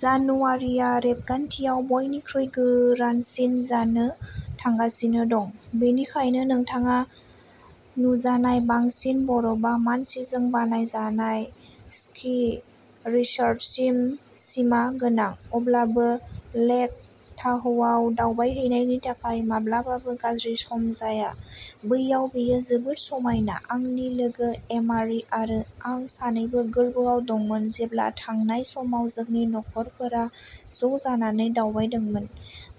जानुवारिआ रेबगान्थियाव बयनिख्रुइ गोरानसिन जानो थांगासिनो दं बेनिखायनो नोंथाङा नुजानाय बांसिन बरफआ मानसिजों बानायजानाय, स्कि रिसर्टसिम सिमा गोनां। अब्लाबो, लेक ताह'आव दावबायहैनायनि थाखाय माब्लाबाबो गाज्रि सम जाया। बैयाव बेयो जोबोद समायना। आंनि लोगो एमारि आरो आं सानैबो गोर्बोआव दंमोन जेब्ला थांनाय समाव जोंनि नखरफोरा ज' जानानै दावबायदोंमोन,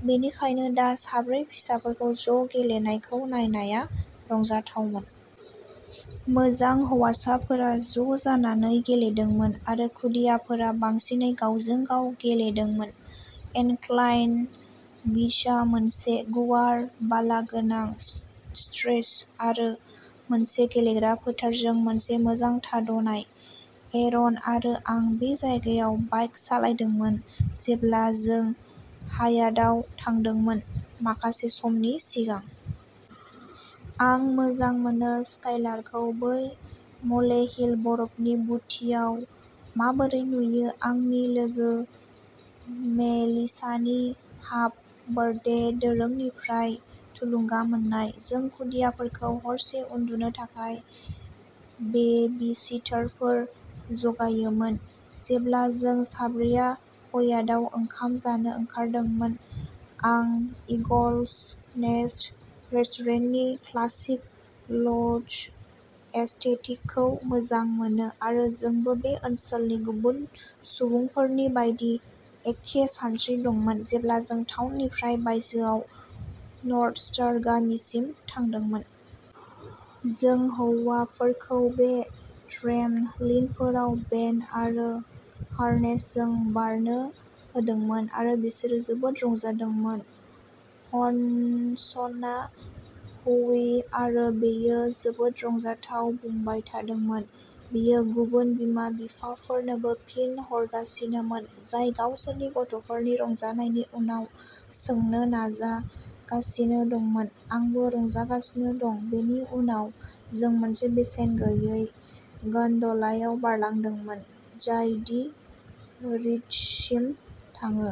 बेनिखायनो दा साब्रै फिसाफोरखौ ज' गेलेनायखौ नायनाया रंजाथावमोन। मोजां, हौवासाफोरा ज' जानानै गेलेदोंमोन आरो खुदियाफोरा बांसिनै गावजों-गाव गेलेदोंमोन। इनक्लाइन बीचआ मोनसे गुवार बालागोनां स्ट्रेच आरो मोनसे गेलेग्रा फोथारजों मोनसे मोजां थाद'नाय। एरन आरो आं बे जायगायाव बाइक सालायदोंमोन जेब्ला जों हायातआव थादोंमोन, माखासे समनि सिगां। आं मोजां मोनो स्काइलारखौ बै म'लेहिल बरफनि बुटियाव माबोरै नुयो आंनि लोगो मेलिसानि हाफ बार्थडे दोरोंनिफ्राय थुलुंगा मोननाय। जों खुदियाफोरखौ हरसे उन्दुनो थाखाय बेबिसिटारफोर जगायोमोन, जेब्ला जों साब्रैया हयातआव ओंखाम जानो ओंखारदोंमोन। आं इगल'स नेस्ट रेस्टुरेन्टनि क्लासिक ल'ज एस्थेटिकखौ मोजां मोनो आरो जोंबो बे ओनसोलनि गुबुन सुबुंफोरनि बायदि एखे सानस्रि दंमोन जेब्ला जों टाउननिफ्राय बायजोआव नर्थस्टार गामिसिम थांदोंमोन। जों हौवाफोरखौ बे ट्रेम्प' लिनफोराव बेन्ड आरो हार्नेसजों बारनो होदोंमोन आरो बिसोरो जोबोद रंजादोंमोन। हडसनआ व्ही आरो बेयो जोबोद रंजाथाव बुंबाय थादोंमोन, बियो गुबुन बिमा-बिफाफोरनोबो फिन हरगासिनोमोन, जाय गावसोरनि गथ'फोरनि रंजानायनि उनाव सोंनो नाजागासिनो दंमोन आंबो रंजागासिनो दं बेनि उनाव जों मोनसे बेसेन गैयै गन्ड'लायाव बारलांदोंमोन, जाय दि रिट्जसिम थाङो।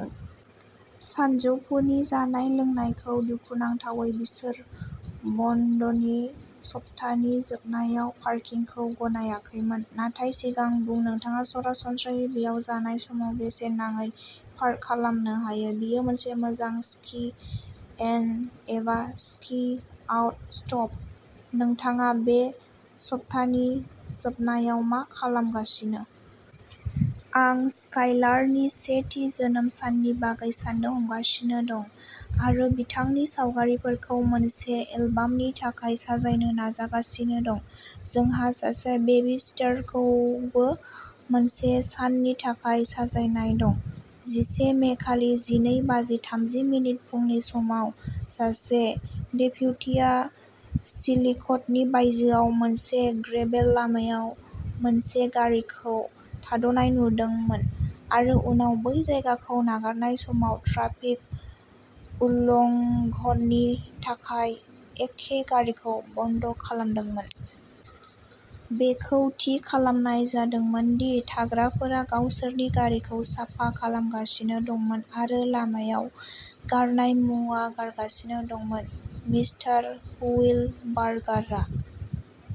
सानजौफुनि जानाय लोंनायखौ। दुखुनांथावै बिसोर बन्दनि सप्तानि जोबनायाव पार्किंखौ गनायाखैमोन, नाथाय सिगां बुं नोंथाङा सरासनस्रायै बेयाव जानाय समाव बेसेन नाङै पार्क खालामनो हायो। बेयो मोनसे मोजां स्कि इन एबा स्कि आउट स्टप। नोंथाङा बे सप्तानि जोबनायाव मा खालामगासिनो? आं स्काइलारनि से थि जोनोम साननि बागै साननो हमगासिनो दं आरो बिथांनि सावगारिफोरखौ मोनसे एलबामनि थाखाय साजायनो नाजागासिनो दं। जोंहा सासे बेबिसिटारखौबो मोनसे साननि थाखाय साजायनाय दं। जिसे मे, खालि जिनै बाजि थामजि मिनिट फुंनि समाव सासे डेप्युटीया चिलिक'थनि बायजोआव मोनसे ग्रेभेल लामायाव मोनसे गारिखौ थाद'नाय नुदोंमोन आरो उनाव बै जायगाखौ नागारनाय समाव ट्राफिक उल्लङ्घननि थाखाय एखे गारिखौ बन्द' खालामदोंमोन। बेखौ थि खालामनाय जादोंमोन दि थाग्राफोरा गावसोरनि गारिखौ साफा खालामगासिनो दंमोन आरो लामायाव गारनाय मुवा गारगासिनो दंमोन। मिस्टार हुइलबार्गारआ